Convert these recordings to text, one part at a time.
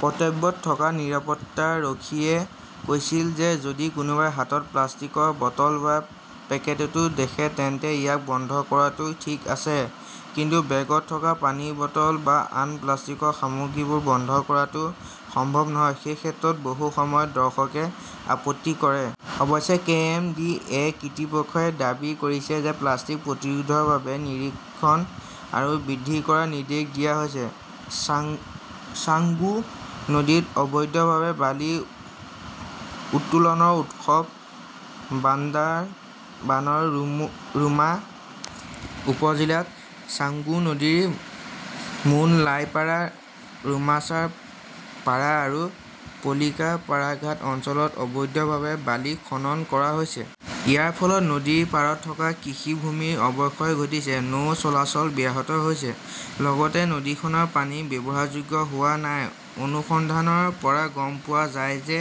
কৰ্তব্যত থকা নিৰাপত্তাৰক্ষীয়ে কৈছিল যে যদি কোনোবাই হাতত প্লাষ্টিকৰ বটল বা পেকেটটো দেখে তেন্তে ইয়াক বন্ধ কৰাটো ঠিক আছে। কিন্তু বেগত থকা পানীৰ বটল বা আন প্লাষ্টিকৰ সামগ্ৰীবোৰ বন্ধ কৰাটো সম্ভৱ নহয়। সেই ক্ষেত্ৰত বহু সময়ত দৰ্শকে আপত্তি কৰে। অৱশ্যে, কে. এম. ডি. এ. কৰ্তৃপক্ষই দাবী কৰিছে যে প্লাষ্টিক প্ৰতিৰোধৰ বাবে নিৰীক্ষণ আৰু বৃদ্ধি কৰাৰ নিৰ্দেশ দিয়া হৈছে। ছাংগু নদীত অবৈধভাৱে বালি উত্তোলনৰ উৎসৱ বান্দাৰবানৰ ৰুমা উপজিল্লাত ছাংগু নদীৰ মুন লাই পাৰা, ৰুমাচাৰ পাৰা আৰু পলিকা পাৰা ঘাট অঞ্চলত অবৈধভাৱে বালি খনন কৰা হৈছে। ইয়াৰ ফলত নদীৰ পাৰত থকা কৃষি ভূমিৰ অৱক্ষয় ঘটিছে, নৌ চলাচল ব্যাহত হৈছে। লগতে নদীখনৰ পানী ব্যৱহাৰযোগ্য হোৱা নাই। অনুসন্ধানৰ পৰা গম পোৱা যায় যে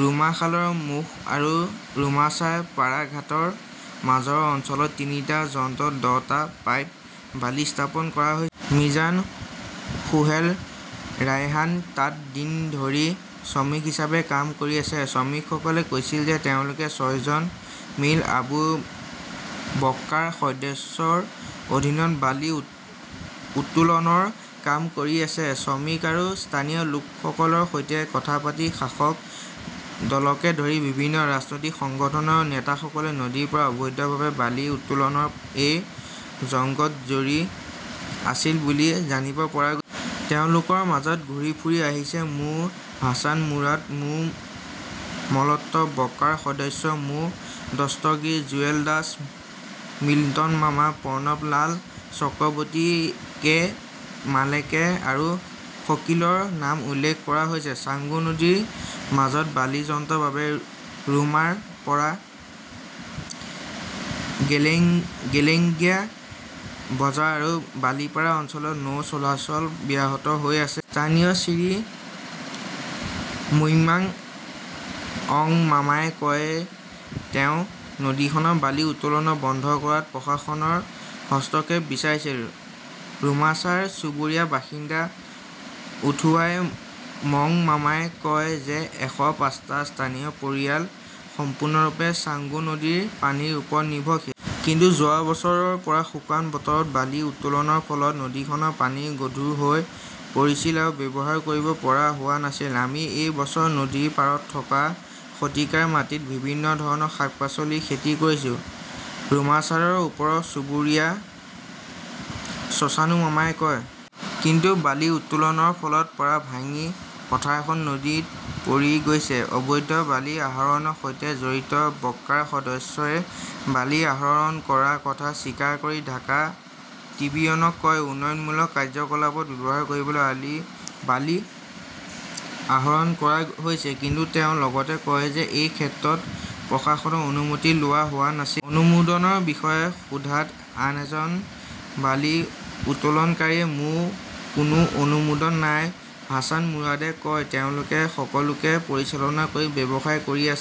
ৰুমা খালৰ মুখ আৰু ৰুমাচাৰ পাৰা ঘাটৰ মাজৰ অঞ্চলত তিনিটা যন্ত্ৰত দহটা পাইপ বালি স্থাপন কৰা হৈ। মিজান, সোহেল, ৰায়হান তাত দিন ধৰি শ্ৰমিক হিচাপে কাম কৰি আছে। শ্ৰমিকসকলে কৈছিল যে তেওঁলোকে ছয়জন মিল আবু বক্কাৰ সদস্যৰ অধীনত বালি উত্তোলনৰ কাম কৰি আছে। শ্ৰমিক আৰু স্থানীয় লোকসকলৰ সৈতে কথা পাতি শাসক দলকে ধৰি বিভিন্ন ৰাজনৈতিক সংগঠনৰ নেতাসকলে নদীৰ পৰা অবৈধভাৱে বালি উত্তোলনৰ এই যজ্ঞত জড়ি আছিল বুলি জানিব পৰা গৈ। তেওঁলোকৰ মাজত ঘূৰি ফুৰি আহিছে মো. হাছান মুৰাদ, মো. মলত্ব, বক্কাৰ সদস্য, মো. দস্তগিৰ, জুৱেল দাস, মিল্টন মাৰ্মা, প্ৰণৱ লাল চক্ৰৱৰ্তী, কে মালেকে আৰু শকীলৰ নাম উল্লেখ কৰা হৈছে। ছাংগু নদী মাজত বালি যন্ত্ৰৰ বাবে ৰুমাৰ পৰা গেলেঙ গেলেঙ্গিয়া বজাৰ আৰু বলিপাড়া অঞ্চলত নৌ চলাচল ব্যাহত হৈ আছে। স্থানীয় শ্ৰী মুইম্ৰা অং মামাই কয় তেওঁ নদীখনৰ বালি উত্তোলন বন্ধ কৰাত প্ৰশাসনৰ হস্তক্ষেপ বিচাৰিছিল। ৰুমাচাৰ চুবুৰীয়াৰ বাসিন্দা উথোৱাই মং মামাই কয় যে এশ পাঁচটা স্থানীয় পৰিয়াল সম্পূৰ্ণৰূপে ছাংগু নদীৰ পানীৰ ওপৰত নিৰ্ভৰশীল। কিন্তু যোৱা বছৰৰ পৰা শুকান বতৰত বালি উত্তোলনৰ ফলত নদীখনৰ পানী গধুৰ হৈ পৰিছিল আৰু ব্যৱহাৰ কৰিব পৰা হোৱা নাছিল। আমি এই বছৰ নদীৰ পাৰত থকা শতিকাৰ মাটিত বিভিন্ন ধৰণৰ শাক-পাচলি খেতি কৰিছো, ৰুমাচাৰৰ ওপৰৰ চুবুৰীয়া চছানু মাৰ্মাই কয়। কিন্তু বালি উত্তোলনৰ ফলত পাৰ ভাঙি পথাৰখন নদীত পৰি গৈছে। অবৈধ বালি আহৰণৰ সৈতে জড়িত বক্কাৰ সদস্যই বালি আহৰণ কৰাৰ কথা স্বীকাৰ কৰি ঢাকা টিবিউনক কয় উন্নয়নমূলক কাৰ্যকলাপত ব্যৱহাৰ কৰিবলৈ আলি বালি আহৰণ কৰা হৈছে কিন্তু তেওঁ লগতে কয় যে এই ক্ষেত্ৰত প্ৰশাসনৰ অনুমতি লোৱা হোৱা নাছিল। অনুমোদনৰ বিষয়ে সোধাত আন এজন বালি উত্তোলনকাৰী মো. কোনো অনুমোদন নাই হাছান মুৰাদে কয় তেওঁলোকে সকলোকে পৰিচালনা কৰি ব্যৱসায় কৰি আছে।